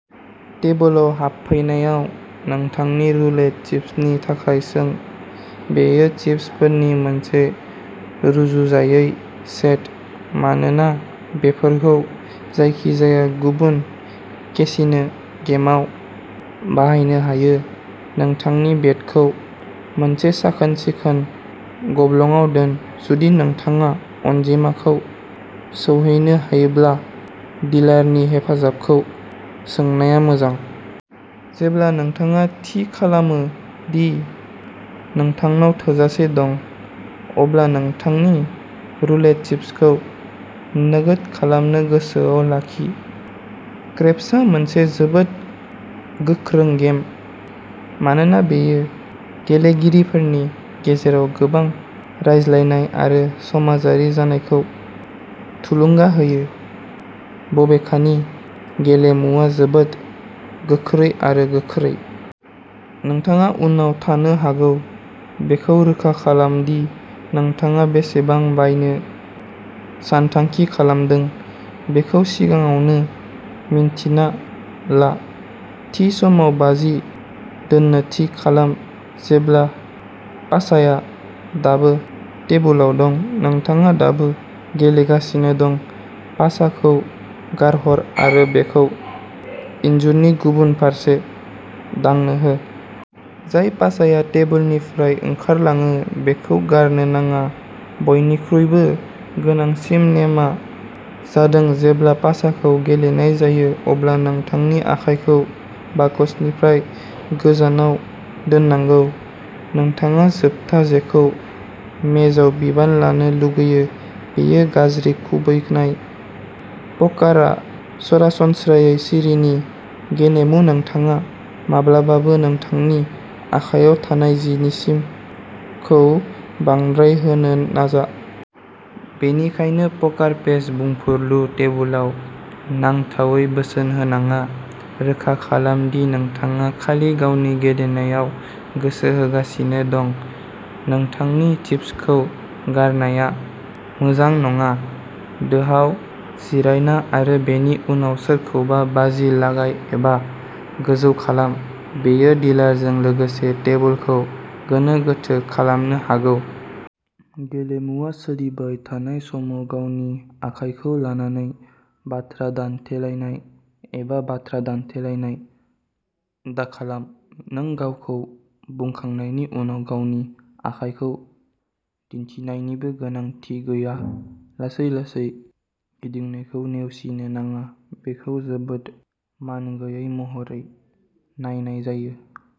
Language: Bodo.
टेबोलआव हाबफैनायाव, नोंथांनि रुलेट चिप्सनि थाखाय सों। बेयो चिपफोरनि मोनसे रुजुजायै सेट, मानोना बेफोरखौ जायखिजाया गुबुन केसिनो गेमआव बाहायनो हायो। नोंथांनि बेटखौ मोनसे साखोन-सिखोन गब्लंआव दोन, जुदि नोंथाङा अनजिमाखौ सौहैनो हायोब्ला डिलारनि हेफाजाबखौ सोंनाया मोजां। जेब्ला नोंथाङा थि खालामो दि नोंथांनाव थोजासे दं, अब्ला नोंथांनि रुलेट चिप्सखौ नोगोद खालामनो गोसोआव लाखि। क्रेप्सआ मोनसे जोबोद गोख्रों गेम, मानोना बेयो गेलेगिरिफोरनि गेजेराव गोबां रायज्लायनाय आरो समाजारि जानायखौ थुलुंगा होयो। बबेखानि, गेलेमुआ जोबोद गोख्रै आरो गोख्रै। नोंथाङा उनाव थानो हागौ। बेखौ रोखा खालाम दि नोंथाङा बेसेबां बायनो सानथांखि खालामदों बेखौ सिगाङावनो मिन्थिना ला। थि समाव बाजि दोन्नो थि खालाम, जेब्ला पासाया दाबो टेबुलआव दं, नोंथाङा दाबो गेलेगासिनो दं। पासाखौ गारहर आरो बेखौ इनजुरनि गुबुन फारसे दांनो हो। जाय पासाया टेबुलनिफ्राय ओंखारलाङो बेखौ गारनो नाङा। बयनिख्रुइबो गोनांसिन नेमआ जादों जेब्ला पासाखौ गेलेनाय जायो, अब्ला नोंथांनि आखाइखौ बक्सनिफ्राय गोजानाव दोननांगौ। नोंथाङा जोबथा जेखौ मेजआव बिबान लानो लुगैयो बेयो गाज्रि खुबैनाय। पकारआ सरासनस्रायै सिरिनि गेलेमु; नोंथाङा माब्लाबाबो नोंथांनि आखायाव थानाय जिनिसखौ बांद्राय होनो नाजा। बेनिखायनो,'पकार पेस'बुंफुरलु। टेबुलआव नांथावै बोसोन होनाङा। रोखा खालाम दि नोंथाङा खालि गावनि गेलेनायाव गोसो होगासिनो दं। नोंथांनि चिप्सखौ गारनाया मोजां नङा। दोहाव जिरायना आरो बेनि उनाव सोरखौबा बाजि लागाय एबा गोजौ खालाम; बेयो डिलारजों लोगोसे टेबोलखौ गोनो-गोथो खालामनो हागौ। गेलेमुआ सोलिबाय थानाय समाव गावनि आखाइखौ लानानै बाथ्रा दान्थेलायनाय एबा बाथ्रा दान्थेलायनाय दाखालाम। नों गावखौ बुंखांनायनि उनाव गावनि आखाइखौ दिन्थिनायनिबो गोनांथि गैया। लासै लासै गिदिंनायखौ नेवसिनो नाजा, बेखौ जोबोद मानगैयै महरै नायनाय जायो।